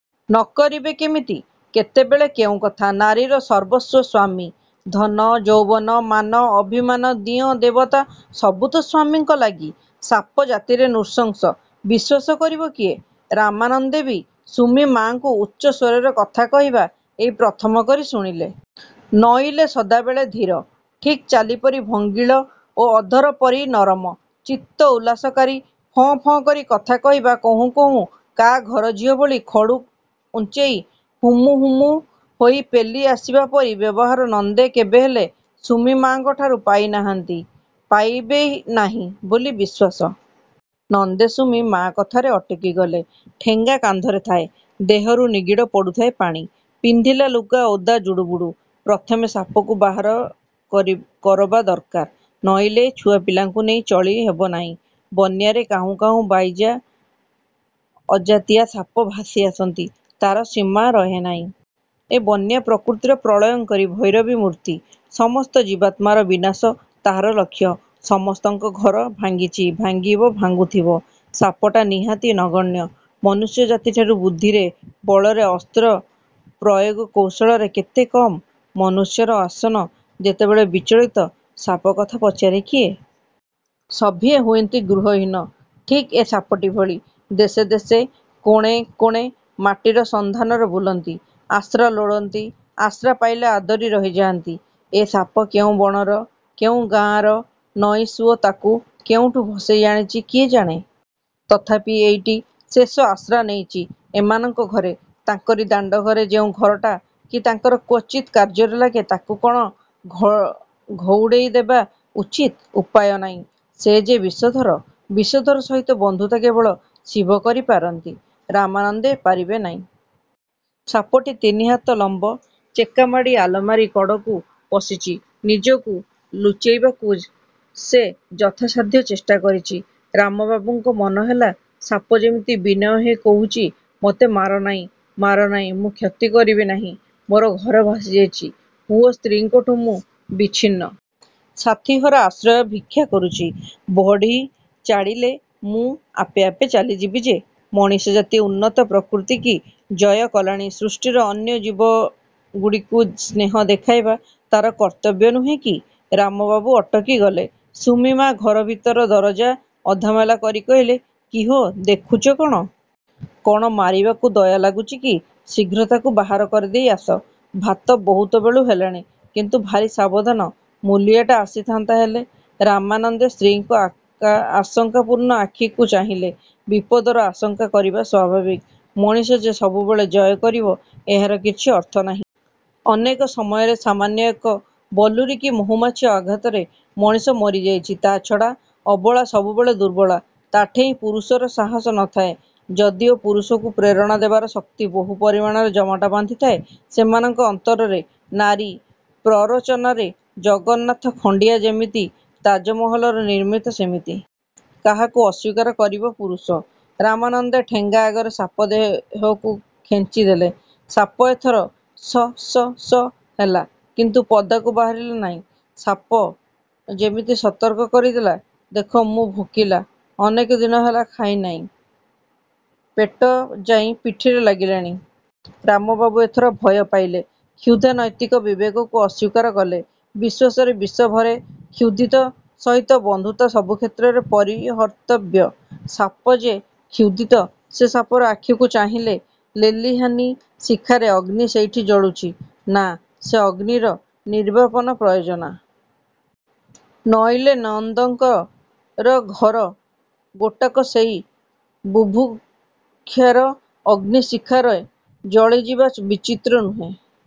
ନ କରିବେ କେମିତି। କେତେବେଳେ କେଉଁ କଥା। ନାରୀର ସର୍ବସ୍ୱ ସ୍ୱାମୀ, ଧନ, ଯୌବନ, ମାନ, ଅଭିମାନ, ଦିଅଁ, ଦେବତା ସବୁ ତ ସ୍ୱାମୀଙ୍କ ଲାଗି। ସାପ ଜାତିରେ ନୃଶଂସ, ବିଶ୍ୱାସ କରିବ କିଏ? ରାମାନନ୍ଦେ ବି ସୁମି-ମାଙ୍କୁ ଉଚ୍ଚସ୍ୱରରେ କଥା କହିବା ଏଇ ପ୍ରଥମ କରି ଶୁଣିଲେ। ନଇଲେ ସଦାବେଳେ ଧୀର, ଠିକ୍ ଚାଲିପରି ଭଙ୍ଗିଳ ଓ ଅଧର ପରି ନରମ, ଚିତ୍ତ ଉଲ୍ଲାସକାରୀ। ଫଁ ଫଁ କରି କଥା କହିବା କହୁଁ କହୁଁ କା'ଘର ଝିଅ ଭଳି 'ଖଡ଼ୁ ଉଞ୍ଚେଇ ହୁମୁ ହୁମୁ ହୋଇ ପେଲି ଆସିବା ପରି ବ୍ୟବହାର ନନ୍ଦେ କେବେହେଲେ ସୁମି-ମାଙ୍କଠାରୁ ପାଇ ନାହାନ୍ତି, ପାଇବେ ନାହିଁ ବୋଲି ବିଶ୍ୱାସ। ନନ୍ଦେ ସୁମି ମା କଥାରେ ଅଟକି ଗଲେ। ଠେଙ୍ଗା କାନ୍ଧରେ ଥାଏ। ଦେହରୁ ନିଗିଡ଼ି ପଡ଼ୁଥାଏ ପାଣି। ପିନ୍ଧିଲା ଲୁଗା ଓଦା, ଜୁଡ଼ୁବୁଡ଼ୁ। ପ୍ରଥମେ ସାପକୁ ବାହାର କରବା ଦର୍କାର। ନଇଲେ, ଛୁଆପିଲାଙ୍କୁ ନେଇ ଚଳି ହେବ ନାଇଁ। ବନ୍ୟାରେ କାହୁଁ କାହୁଁ ବାଇଜା ଅଜାତିଆ ସାପ ଭାସି ଆସନ୍ତି, ତାର ସୀମା ରହେନାଇଁ। ଏ ବନ୍ୟା ପ୍ରକୃତିର ପ୍ରଳୟଙ୍କରୀ ଭୈରବୀ ମୂର୍ତ୍ତି। ସମସ୍ତ ଜୀବାତ୍ମାର ବିନାଶ ତାହାର ଲକ୍ଷ୍ୟ। ସମସ୍ତଙ୍କ ଘର ଭାଙ୍ଗିଚି, ଭାଙ୍ଗିବ, ଭାଙ୍ଗୁଥିବ। 'ସାପ'ଟା ନିହାତି ନଗଣ୍ୟ। ମନୁଷ୍ୟ ଜାତିଠାରୁ ବୁଦ୍ଧିରେ ବଳରେ ଅସ୍ତ୍ର ପ୍ରୟୋଗ କୌଶଳରେ କେତେ କମ୍। ମନୁଷ୍ୟର ଆସନ ଯେତେବେଳେ ବିଚଳିତ, ସାପ କଥା ପଚାରେ କିଏ? ସଭିଏଁ ହୁଅନ୍ତି ଗୃହହୀନ, ଠିକ୍ ଏ ସାପଟି ଭଳି। ଦେଶେ ଦେଶେ କୋଣେ କୋଣେ ମାଟିର ସନ୍ଧାନରେ ବୁଲନ୍ତି, ଆଶ୍ରା ଲୋଡ଼ନ୍ତି। ଆଶ୍ରା ପାଇଲେ ଆଦରି ରହିଯାନ୍ତି। ଏ ସାପ କେଉଁ ବଣର, କେଉଁ ଗାଁର ନଈ ସୁଅ ତାକୁ କେଉଁଠୁ ଭସେଇ ଆଣିଚି କିଏ ଜାଣେ? ତଥାପି ଏଇଟି ଶେଷ ଆଶ୍ରା ନେଇଚି ଏମାନଙ୍କ ଘରେ, ତାଙ୍କରି ଦାଣ୍ଡଘରେ ଯେଉଁ ଘରଟା କି ତାଙ୍କର କ୍ୱଚିତ୍ କାର୍ଯ୍ୟରେ ଲାଗେ। ତାକୁ କଣ ଘଉଡ଼େଇ ଦେବା ଉଚିତ୍? ଉପାୟ ନାଇଁ। ସେ ଯେ ବିଷଧର। ବିଷଧର ସହିତ ବନ୍ଧୁତା କେବଳ ଶିବ କରିପାରନ୍ତି, ରାମାନନ୍ଦେ ପାରିବେ ନାଇଁ। ସାପଟି ତିନିହାତ ଲମ୍ବ। ଚେକାମାଡ଼ି ଆଲମାରୀ କଡ଼କୁ ପଶିଚି। ନିଜକୁ ଲୁଚେଇବାକୁ ସେ ଯଥାସାଧ୍ୟ ଚେଷ୍ଟା କରିଚି। ରାମବାବୁଙ୍କ ମନେହେଲା ସାପ ଯେମିତି ବିନୟ ହୋଇ କହୁଚି–ମୋତେ ମାର ନାଇଁ, ମାର ନାଇଁ; ମୁଁ କ୍ଷତି କରିବି ନାହିଁ। ମୋର ଘର ଭାସି ଯାଇଚି, ପୁଅ ସ୍ତ୍ରୀଙ୍କଠୁଁ ମୁଁ ବିଚ୍ଛିନ୍ନ। ସାଥିହରା ଆଶ୍ରୟ ଭିକ୍ଷା କରୁଚି। ବଢ଼ି ଚାଡ଼ିଲେ ମୁଁ ଆପେ ଆପେ ଚାଲିଯିବି ଯେ। ମଣିଷଜାତି ଉନ୍ନତ, ପ୍ରକୃତିକି ଜୟ କଲାଣି। ସୃଷ୍ଟିର ଅନ୍ୟ ଜୀବଗୁଡ଼ିକୁ ସ୍ନେହ ଦେଖାଇବା ତାର କର୍ତ୍ତବ୍ୟ ନୁହେଁ କି? ରାମବାବୁ ଅଟକି ଗଲେ। ସୁମି-ମା ଘର ଭିତର ଦରଜା ଅଧାମେଲା କରି କହିଲେ–କିହୋ, ଦେଖୁଚ କଣ? କଣ ମାରିବାକୁ ଦୟା ଲାଗୁଚି କି? ଶୀଘ୍ର ତାକୁ ବାହାର କରିଦେଇ ଆସ, ଭାତ ବହୁତ ବେଳୁ ହେଲାଣି-। କିନ୍ତୁ, ଭାରି ସାବଧାନ, ମୂଲିଆଟା ଆସିଥାନ୍ତା ହେଲେ। ରାମାନନ୍ଦେ ସ୍ତ୍ରୀଙ୍କ ଆଶଙ୍କାପୂର୍ଣ୍ଣ ଆଖିକୁ ଚାହିଁଲେ। ବିପଦର ଆଶଙ୍କା କରିବା ସ୍ୱାଭାବିକ। ମଣିଷ ଯେ ସବୁବେଳେ ଜୟ କରିବ ଏହାର କିଛି ଅର୍ଥ ନାହିଁ। ଅନେକ ସମୟରେ ସାମାନ୍ୟ ଏକ ବଲୁରୀ କି ମହୁମାଛି ଆଘାତରେ ମଣିଷ ମରିଯାଉଚି। ତା'ଛଡ଼ା ଅବଳା ସବୁବେଳେ ଦୁର୍ବଳା। ତାଠେଇଁ ପୁରୁଷର ସାହସ ନଥାଏ; ଯଦିଓ, ପୁରୁଷକୁ ପ୍ରେରଣା ଦେବାର ଶକ୍ତି ବହୁ ପରିମାଣରେ ଜମାଟ ବାନ୍ଧିଥାଏ ସେମାନଙ୍କର ଅନ୍ତରରେ। ନାରୀ ପ୍ରରୋଚନାରେ ଜଗନ୍ନାଥ ଖଣ୍ଡିଆ ଯେମିତି, ତାଜମହଲର ନିର୍ମିତ ସେମିତି। କାହାକୁ ଅସ୍ୱୀକାର କରିବ ପୁରୁଷ? ରାମାନନ୍ଦେ ଠେଙ୍ଗା ଅଗରେ ସାପ ଦେହକୁ ଖେଞ୍ଚି ଦେଲେ। ସାପ ଏଥର ସ-ସ-ସ ହେଲା, କିନ୍ତୁ ପଦାକୁ ବାହାରିଲା ନାଇଁ। ସାପ ଯେମିତି ସତର୍କ କରିଦେଲା–ଦେଖ ମୁଁ ଭୋକିଲା। ଅନେକ ଦିନ ହେଲା ଖାଇ ନାଇଁ। ପେଟ ଯାଇଁ ପିଠିରେ ଲାଗିଲାଣି। ରାମ ବାବୁ ଏଥର ଭୟ ପାଇଲେ। କ୍ଷୁଧା ନୈତିକ ବିବେକକୁ ଅସ୍ୱୀକାର କରେ; ବିଶ୍ୱାସରେ ବିଷ ଭରେ। କ୍ଷୁଧିତ ସହିତ ବନ୍ଧୁତା ସବୁକ୍ଷେତ୍ରରେ ପରିହର୍ତ୍ତବ୍ୟ। ସାପ ଯେ କ୍ଷୁଧିତ। ସେ ସାପର ଆଖିକୁ ଚାହିଁଲେ–ଲେଲିହାନି ଶିଖାରେ ଅଗ୍ନି ସେଇଠି ଜଳୁଚି। ନା–ସେ ଅଗ୍ନିର ନିର୍ବାପନ ପ୍ରୟୋଜନ। ନଇଲେ ନନ୍ଦଙ୍କର ଘର ଗୋଟାକ ସେଇ ବୁଭୁକ୍ଷାର ଅଗ୍ନିଶିଖାରେ ଜଳିଯିବା ବିଚିତ୍ର ନୁହେଁ।